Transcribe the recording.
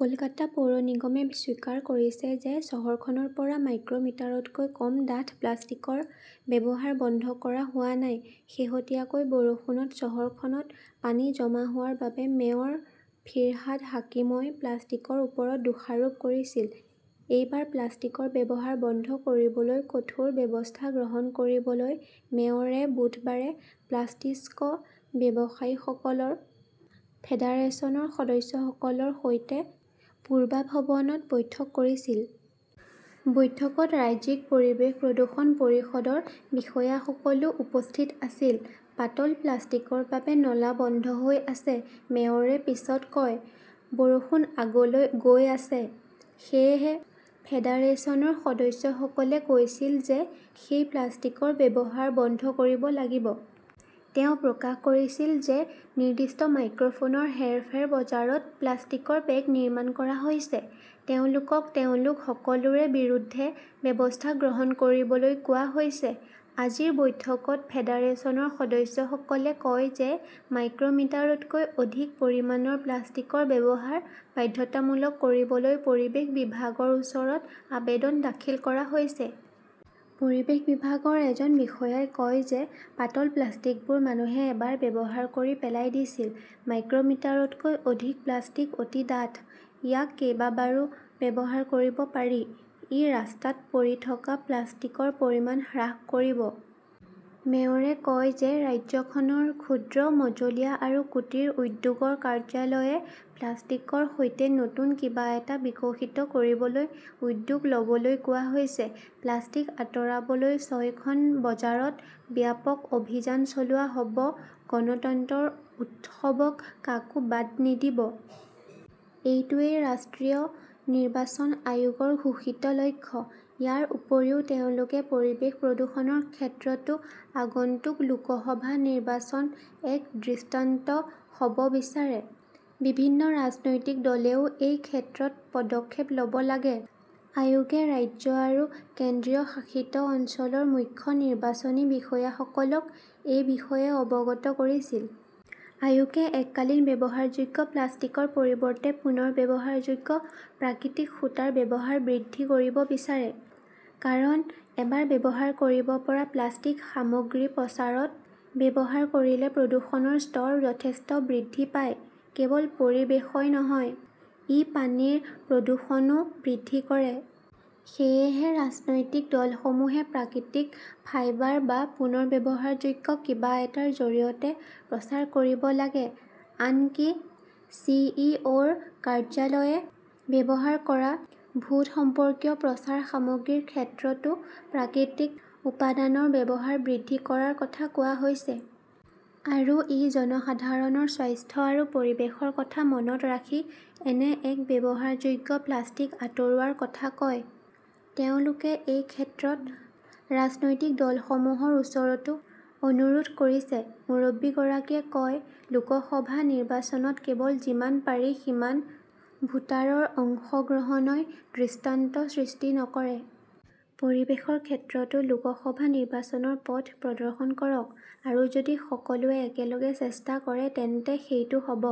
কলকাতা পৌৰ নিগমে স্বীকাৰ কৰিছে যে চহৰখনৰ পৰা মাইক্ৰ "মিটাৰতকৈ কম ডাঠ প্লাষ্টিকৰ ব্যৱহাৰ বন্ধ কৰা হোৱা নাই। শেহতীয়াকৈ বৰষুণত চহৰখনত পানী জমা হোৱাৰ বাবে মেয়ৰ ফিৰহাদ হাকিমই প্লাষ্টিকৰ ওপৰত দোষাৰোপ কৰিছিল। এইবাৰ প্লাষ্টিকৰ ব্যৱহাৰ বন্ধ কৰিবলৈ কঠোৰ ব্যৱস্থা গ্ৰহণ কৰিবলৈ মেয়ৰে বুধবাৰে প্লাষ্টিক্স ব্যৱসায়ীসকলৰ ফেডাৰেচনৰ সদস্যসকলৰ সৈতে পূৰ্বাভৱনত বৈঠক কৰিছিল। বৈঠকত ৰাজ্যিক পৰিৱেশ প্ৰদূষণ পৰিষদৰ বিষয়াসকলও উপস্থিত আছিল। "পাতল প্লাষ্টিকৰ বাবে নলা বন্ধ হৈ আছে", মেয়ৰে পিছত কয়। বৰষুণ আগলৈ গৈ আছে। সেয়েহে ফেডাৰেচনৰ সদস্যসকলে কৈছিল যে সেই প্লাষ্টিকৰ ব্যৱহাৰ বন্ধ কৰিব লাগিব। তেওঁ প্ৰকাশ কৰিছিল যে, নিৰ্দিষ্ট মাইক্ৰনৰ হেৰফেৰ বজাৰত প্লাষ্টিকৰ বেগ নিৰ্মাণ কৰা হৈছে। তেওঁলোকক তেওঁলোক সকলোৰে বিৰুদ্ধে ব্যৱস্থা গ্ৰহণ কৰিবলৈ কোৱা হৈছে। আজিৰ বৈঠকত ফেডাৰেচনৰ সদস্যসকলে কয় যে, মাইক্ৰ মিটাৰতকৈ অধিক পৰিমাণৰ প্লাষ্টিকৰ ব্যৱহাৰ বাধ্যতামূলক কৰিবলৈ পৰিৱেশ বিভাগৰ ওচৰত আবেদন দাখিল কৰা হৈছে। পৰিৱেশ বিভাগৰ এজন বিষয়াই কয় যে, পাতল প্লাষ্টিকবোৰ মানুহে এবাৰ ব্যৱহাৰ কৰি পেলাই দিছিল। মাইক্ৰ "মিটাৰতকৈ অধিক প্লাষ্টিক অতি ডাঠ। ইয়াক কেইবাবাৰো ব্যৱহাৰ কৰিব পাৰি। ই ৰাস্তাত পৰি থকা প্লাষ্টিকৰ পৰিমাণ হ্ৰাস কৰিব। মেয়ৰে কয় যে ৰাজ্যখনৰ ক্ষুদ্ৰ, মজলীয়া আৰু কুটিৰ উদ্যোগৰ কাৰ্যালয়ে প্লাষ্টিকৰ সৈতে নতুন কিবা এটা বিকশিত কৰিবলৈ উদ্যোগ ল'বলৈ কোৱা হৈছে। প্লাষ্টিক আঁতৰাবলৈ ছয়খন বজাৰত ব্যাপক অভিযান চলোৱা হ'ব গণতন্ত্ৰৰ উৎসৱত কাকো বাদ নিদিব। এইটোৱেই ৰাষ্ট্ৰীয় নিৰ্বাচন আয়োগৰ ঘোষিত লক্ষ্য। ইয়াৰ উপৰিও তেওঁলোকে পৰিৱেশ প্ৰদূষণৰ ক্ষেত্ৰতো আগন্তুক লোকসভা নিৰ্বাচন এক দৃষ্টান্ত হ'ব বিচাৰে। বিভিন্ন ৰাজনৈতিক দলেও এই ক্ষেত্ৰত পদক্ষেপ ল'ব লাগে। আয়োগে ৰাজ্য আৰু কেন্দ্ৰীয় শাসিত অঞ্চলৰ মুখ্য নিৰ্বাচনী বিষয়াসকলক এই বিষয়ে অৱগত কৰিছিল। আয়োগে এককালীন ব্যৱহাৰযোগ্য প্লাষ্টিকৰ পৰিৱৰ্তে পুনৰ্ব্যৱহাৰযোগ্য, প্ৰাকৃতিক সূতাৰ ব্যৱহাৰ বৃদ্ধি কৰিব বিচাৰে। কাৰণ, এবাৰ ব্যৱহাৰ কৰিব পৰা প্লাষ্টিক সামগ্ৰী প্ৰচাৰত ব্যৱহাৰ কৰিলে প্ৰদূষণৰ স্তৰ যথেষ্ট বৃদ্ধি পায়। কেৱল পৰিৱেশই নহয়, ই পানীৰ প্ৰদূষণও বৃদ্ধি কৰে। সেয়েহে ৰাজনৈতিক দলসমূহে প্ৰাকৃতিক ফাইবাৰ বা পুনৰ্ব্যৱহাৰযোগ্য কিবা এটাৰ জৰিয়তে প্ৰচাৰ কৰিব লাগে। আনকি চি. ই. অ '. -ৰ কাৰ্যালয়ে ব্যৱহাৰ কৰা ভোট সম্পৰ্কীয় প্ৰচাৰ সামগ্ৰীৰ ক্ষেত্ৰতো প্ৰাকৃতিক উপাদানৰ ব্যৱহাৰ বৃদ্ধি কৰাৰ কথা কোৱা হৈছে। আৰু ই জনসাধাৰণৰ স্বাস্থ্য আৰু পৰিৱেশৰ কথা মনত ৰাখি এনে এক-ব্যৱহাৰযোগ্য প্লাষ্টিক আঁতৰোৱাৰ কথা কয়। তেওঁলোকে এই ক্ষেত্ৰত ৰাজনৈতিক দলসমূহৰ ওচৰতো অনুৰোধ কৰিছে। মুৰব্বীগৰাকীয়ে কয়, লোকসভা নিৰ্বাচনত কেৱল যিমান পাৰি সিমান ভোটাৰৰ অংশগ্ৰহণই দৃষ্টান্ত সৃষ্টি নকৰে। পৰিৱেশৰ ক্ষেত্ৰতো লোকসভা নিৰ্বাচনৰ পথ প্ৰদৰ্শন কৰক। আৰু যদি সকলোৱে একেলগে চেষ্টা কৰে তেন্তে সেইটো হ 'ব।